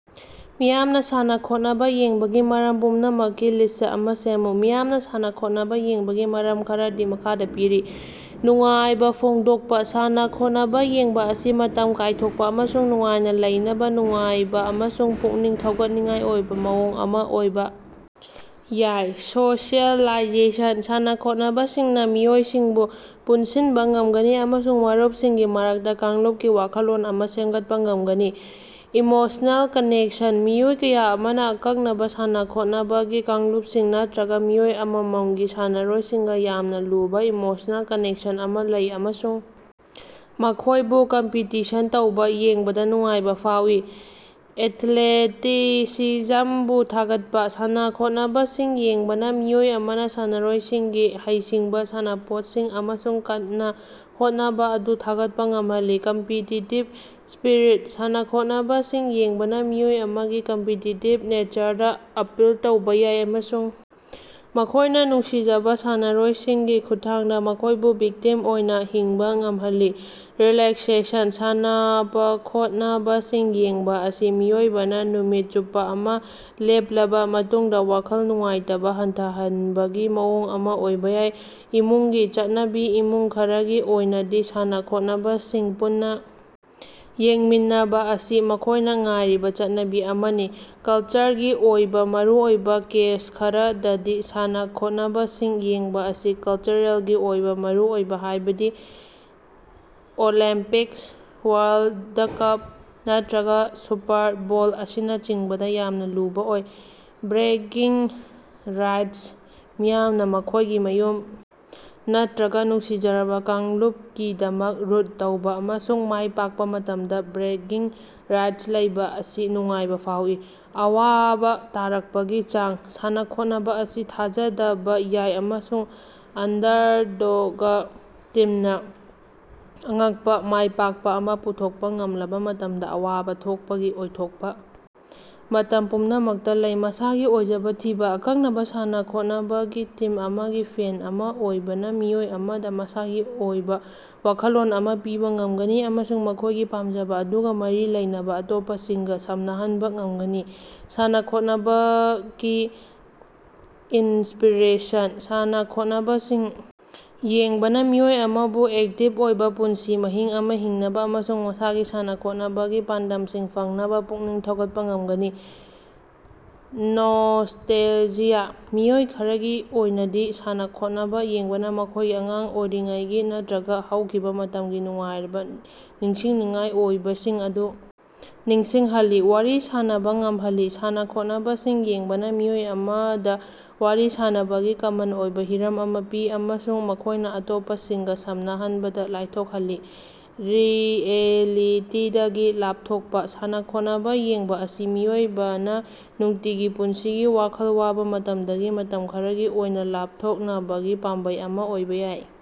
ꯃꯤꯌꯥꯝꯅ ꯁꯥꯟꯅꯈꯣꯠꯅꯕ ꯌꯦꯡꯕꯒꯤ ꯃꯔꯝ ꯄꯨꯝꯅꯃꯛꯀꯤ ꯂꯤꯁꯠ ꯑꯃ ꯁꯦꯝꯃꯨ꯫ ꯃꯤꯌꯥꯝꯅ ꯁꯥꯟꯅꯈꯣꯠꯅꯕ ꯌꯦꯡꯕꯒꯤ ꯃꯔꯝ ꯈꯔꯗꯤ ꯃꯈꯥꯗ ꯄꯤꯔꯤ:- ꯅꯨꯡꯉꯥꯏꯕ ꯐꯣꯡꯗꯣꯛꯄ: ꯁꯥꯟꯅꯈꯣꯠꯅꯕ ꯌꯦꯡꯕ ꯑꯁꯤ ꯃꯇꯝ ꯀꯥꯏꯊꯣꯛꯄ ꯑꯃꯁꯨꯡ ꯅꯨꯡꯉꯥꯏꯅ ꯂꯩꯅꯕ ꯅꯨꯡꯉꯥꯏꯕ ꯑꯃꯁꯨꯡ ꯄꯨꯛꯅꯤꯡ ꯊꯧꯒꯠꯅꯤꯡꯉꯥꯏ ꯑꯣꯏꯕ ꯃꯑꯣꯡ ꯑꯃ ꯑꯣꯏꯕ ꯌꯥꯏ꯫ ꯁꯣꯁꯤꯑꯦꯂꯥꯏꯖꯦꯁꯟ: ꯁꯥꯟꯅꯈꯣꯠꯅꯕꯁꯤꯡꯅ ꯃꯤꯑꯣꯏꯁꯤꯡꯕꯨ ꯄꯨꯟꯁꯤꯟꯕ ꯉꯝꯒꯅꯤ ꯑꯃꯁꯨꯡ ꯃꯔꯨꯞꯁꯤꯡꯒꯤ ꯃꯔꯛꯇ ꯀꯥꯡꯂꯨꯞꯀꯤ ꯋꯥꯈꯜꯂꯣꯟ ꯑꯃ ꯁꯦꯝꯒꯠꯄ ꯉꯝꯒꯅꯤ꯫ ꯏꯃꯣꯁ꯭ꯅꯦꯜ ꯀꯅꯦꯛꯁꯟ: ꯃꯤꯑꯣꯏ ꯀꯌꯥ ꯑꯃꯅ ꯑꯀꯛꯅꯕ ꯁꯥꯟꯅꯈꯣꯠꯅꯕꯒꯤ ꯀꯥꯡꯂꯨꯞꯁꯤꯡ ꯅꯠꯇ꯭ꯔꯒ ꯃꯤꯑꯣꯏ ꯑꯃꯃꯝꯒꯤ ꯁꯥꯟꯅꯔꯣꯏꯁꯤꯡꯒ ꯌꯥꯝꯅ ꯂꯨꯕ ꯏꯃꯣꯁ꯭ꯅꯦꯜ ꯀꯅꯦꯛꯁꯟ ꯑꯃ ꯂꯩ ꯑꯃꯁꯨꯡ ꯃꯈꯣꯏꯕꯨ ꯀꯝꯄꯤꯇꯤꯁꯟ ꯇꯧꯕ ꯌꯦꯡꯕꯗ ꯅꯨꯡꯉꯥꯏꯕ ꯐꯥꯎꯋꯤ꯫ ꯑꯦꯊ꯭ꯂꯦꯇꯤꯁꯤꯖꯝꯕꯨ ꯊꯥꯒꯠꯄ: ꯁꯥꯟꯅꯈꯣꯠꯅꯕꯁꯤꯡ ꯌꯦꯡꯕꯅ ꯃꯤꯑꯣꯏ ꯑꯃꯅ ꯁꯥꯟꯅꯔꯣꯏꯁꯤꯡꯒꯤ ꯍꯩꯁꯤꯡꯕ, ꯁꯥꯟꯅꯄꯣꯠꯁꯤꯡ ꯑꯃꯁꯨꯡ ꯀꯟꯅ ꯍꯣꯠꯅꯕ ꯑꯗꯨ ꯊꯥꯒꯠꯄ ꯉꯝꯍꯜꯂꯤ꯫ ꯀꯝꯄꯤꯇꯤꯇꯤꯚ ꯁ꯭ꯄꯤꯔꯤꯠ: ꯁꯥꯟꯅꯈꯣꯠꯅꯕꯁꯤꯡ ꯌꯦꯡꯕꯅ ꯃꯤꯑꯣꯏ ꯑꯃꯒꯤ ꯀꯝꯄꯤꯇꯤꯇꯤꯚ ꯅꯦꯆꯔꯗ ꯑꯄꯤꯜ ꯇꯧꯕ ꯌꯥꯏ ꯑꯃꯁꯨꯡ ꯃꯈꯣꯏꯅ ꯅꯨꯡꯁꯤꯖꯕ ꯁꯥꯟꯅꯔꯣꯏꯁꯤꯡꯒꯤ ꯈꯨꯠꯊꯥꯡꯗ ꯃꯈꯣꯏꯕꯨ ꯚꯤꯛꯇꯤꯝ ꯑꯣꯏꯅ ꯍꯤꯡꯕ ꯉꯝꯍꯜꯂꯤ꯫ ꯔꯤꯂꯦꯛꯁꯦꯁꯟ: ꯁꯥꯟꯅꯄꯈꯣꯠꯅꯕꯁꯤꯡ ꯌꯦꯡꯕ ꯑꯁꯤ ꯃꯤꯑꯣꯏꯕꯅ ꯅꯨꯃꯤꯠ ꯆꯨꯞꯄ ꯑꯃ ꯂꯦꯞꯂꯕ ꯃꯇꯨꯡꯗ ꯋꯥꯈꯜ ꯅꯨꯡꯉꯥꯏꯇꯕ ꯍꯟꯊꯍꯟꯕꯒꯤ ꯃꯑꯣꯡ ꯑꯃ ꯑꯣꯏꯕ ꯌꯥꯏ꯫ ꯏꯃꯨꯡꯒꯤ ꯆꯠꯅꯕꯤ: ꯏꯃꯨꯡ ꯈꯔꯒꯤ ꯑꯣꯏꯅꯗꯤ ꯁꯥꯟꯅꯈꯣꯠꯅꯕꯁꯤꯡ ꯄꯨꯟꯅ ꯌꯦꯡꯃꯤꯟꯅꯕ ꯑꯁꯤ ꯃꯈꯣꯏꯅ ꯉꯥꯏꯔꯤꯕ ꯆꯠꯅꯕꯤ ꯑꯃꯅꯤ꯫ ꯀꯜꯆꯔꯒꯤ ꯑꯣꯏꯕ ꯃꯔꯨꯑꯣꯏꯕ: ꯀꯦꯁ ꯈꯔꯗꯗꯤ ꯁꯥꯟꯅꯈꯣꯠꯅꯕꯁꯤꯡ ꯌꯦꯡꯕ ꯑꯁꯤ ꯀꯜꯆꯔꯦꯜꯒꯤ ꯑꯣꯏꯕ ꯃꯔꯨꯑꯣꯏꯕ, ꯍꯥꯏꯕꯗꯤ ꯑꯣꯂꯦꯝꯄꯤꯛꯁ, ꯋꯥꯔꯜꯗ ꯀꯞ, ꯅꯠꯇ꯭ꯔꯒ ꯁꯨꯄꯔ ꯕꯣꯜ ꯑꯁꯤꯅꯆꯤꯡꯕꯗ ꯌꯥꯝꯅ ꯂꯨꯕ ꯑꯣꯏ꯫ ꯕ꯭ꯔꯦꯒꯤꯡ ꯔꯥꯏꯠꯁ: ꯃꯤꯌꯥꯝꯅ ꯃꯈꯣꯏꯒꯤ ꯃꯌꯨꯝ ꯅꯠꯇ꯭ꯔꯒ ꯅꯨꯡꯁꯤꯖꯔꯕ ꯀꯥꯡꯂꯨꯞꯀꯤꯗꯃꯛ ꯔꯨꯠ ꯇꯧꯕ ꯑꯃꯁꯨꯡ ꯃꯥꯏꯄꯥꯛꯄ ꯃꯇꯝꯗ ꯕ꯭ꯔꯦꯒꯤꯡ ꯔꯥꯏꯠ ꯂꯩꯕ ꯑꯁꯤ ꯅꯨꯡꯉꯥꯏꯕ ꯐꯥꯎꯏ꯫ ꯑꯋꯥꯕ ꯇꯥꯔꯛꯄꯒꯤ ꯆꯥꯡ: ꯁꯥꯟꯅꯈꯣꯠꯅꯕ ꯑꯁꯤ ꯊꯥꯖꯗꯕ ꯌꯥꯏ ꯑꯃꯁꯨꯡ ꯑꯟꯗꯔꯗꯣꯒ ꯇꯤꯝꯅ ꯑꯉꯛꯄ ꯃꯥꯏꯄꯥꯛꯄ ꯑꯃ ꯄꯨꯊꯣꯛꯄ ꯉꯝꯂꯕ ꯃꯇꯝꯗ ꯑꯋꯥꯕ ꯊꯣꯛꯄꯒꯤ ꯑꯣꯏꯊꯣꯛꯄ ꯃꯇꯝ ꯄꯨꯝꯅꯃꯛꯇ ꯂꯩ꯫ ꯃꯁꯥꯒꯤ ꯑꯣꯏꯖꯕ ꯊꯤꯕ: ꯑꯀꯛꯅꯕ ꯁꯥꯟꯅꯈꯣꯠꯅꯕꯒꯤ ꯇꯤꯝ ꯑꯃꯒꯤ ꯐꯦꯟ ꯑꯃ ꯑꯣꯏꯕꯅ ꯃꯤꯑꯣꯏ ꯑꯃꯗ ꯃꯁꯥꯒꯤ ꯑꯣꯏꯕ ꯋꯥꯈꯜꯂꯣꯟ ꯑꯃ ꯄꯤꯕ ꯉꯝꯒꯅꯤ ꯑꯃꯁꯨꯡ ꯃꯈꯣꯏꯒꯤ ꯄꯥꯝꯖꯕ ꯑꯗꯨꯒ ꯃꯔꯤ ꯂꯩꯅꯕ ꯑꯇꯣꯞꯄꯁꯤꯡꯒ ꯁꯝꯅꯍꯟꯕ ꯉꯝꯒꯅꯤ꯫ ꯁꯥꯟꯅꯈꯣꯠꯅꯕꯀꯤ ꯏꯟꯁꯄꯤꯔꯦꯁꯟ: ꯁꯥꯟꯅꯈꯣꯠꯅꯕꯁꯤꯡ ꯌꯦꯡꯕꯅ ꯃꯤꯑꯣꯏ ꯑꯃꯕꯨ ꯑꯦꯛꯇꯤꯚ ꯑꯣꯏꯕ ꯄꯨꯟꯁꯤ ꯃꯍꯤꯡ ꯑꯃ ꯍꯤꯡꯅꯕ ꯑꯃꯁꯨꯡ ꯃꯁꯥꯒꯤ ꯁꯥꯟꯅꯈꯣꯠꯅꯕꯒꯤ ꯄꯥꯟꯗꯝꯁꯤꯡ ꯐꯪꯅꯕ ꯄꯨꯛꯅꯤꯡ ꯊꯧꯒꯠꯄ ꯉꯝꯒꯅꯤ꯫ ꯅꯣꯁ꯭ꯇꯦꯜꯖꯤꯌꯥ: ꯃꯤꯑꯣꯏ ꯈꯔꯒꯤ ꯑꯣꯏꯅꯗꯤ ꯁꯥꯟꯅ-ꯈꯣꯠꯅꯕ ꯌꯦꯡꯕꯅ ꯃꯈꯣꯏꯒꯤ ꯑꯉꯥꯡ ꯑꯣꯏꯔꯤꯉꯩꯒꯤ ꯅꯠꯇ꯭ꯔꯒ ꯍꯧꯈꯤꯕ ꯃꯇꯝꯒꯤ ꯅꯨꯡꯉꯥꯏꯔꯕ ꯅꯤꯡꯁꯤꯡꯅꯤꯡꯉꯥꯏ ꯑꯣꯏꯕꯁꯤꯡ ꯑꯗꯨ ꯅꯤꯡꯁꯤꯡꯍꯜꯂꯤ꯫ ꯋꯥꯔꯤ ꯁꯥꯟꯅꯕ ꯉꯝꯍꯜꯂꯤ: ꯁꯥꯟꯅꯈꯣꯠꯅꯕꯁꯤꯡ ꯌꯦꯡꯕꯅ ꯃꯤꯑꯣꯏ ꯑꯃꯗ ꯋꯥꯔꯤ ꯁꯥꯟꯅꯕꯒꯤ ꯀꯃꯟ ꯑꯣꯏꯕ ꯍꯤꯔꯝ ꯑꯃ ꯄꯤ ꯑꯃꯁꯨꯡ ꯃꯈꯣꯏꯅ ꯑꯇꯣꯞꯄꯁꯤꯡꯒ ꯁꯝꯅꯍꯟꯕꯗ ꯂꯥꯏꯊꯣꯛꯍꯜꯂꯤ꯫ ꯔꯤꯑꯦꯂꯤꯇꯤꯗꯒꯤ ꯂꯥꯞꯊꯣꯛꯄ: ꯁꯥꯟꯅ-ꯈꯣꯠꯅꯕ ꯌꯦꯡꯕ ꯑꯁꯤ ꯃꯤꯑꯣꯏꯕꯅ ꯅꯨꯡꯇꯤꯒꯤ ꯄꯨꯟꯁꯤꯒꯤ ꯋꯥꯈꯜ ꯋꯥꯕ ꯃꯇꯝꯗꯒꯤ ꯃꯇꯝ ꯈꯔꯒꯤ ꯑꯣꯏꯅ ꯂꯥꯞꯊꯣꯛꯅꯕꯒꯤ ꯄꯥꯝꯕꯩ ꯑꯃ ꯑꯣꯏꯕ ꯌꯥꯏ꯫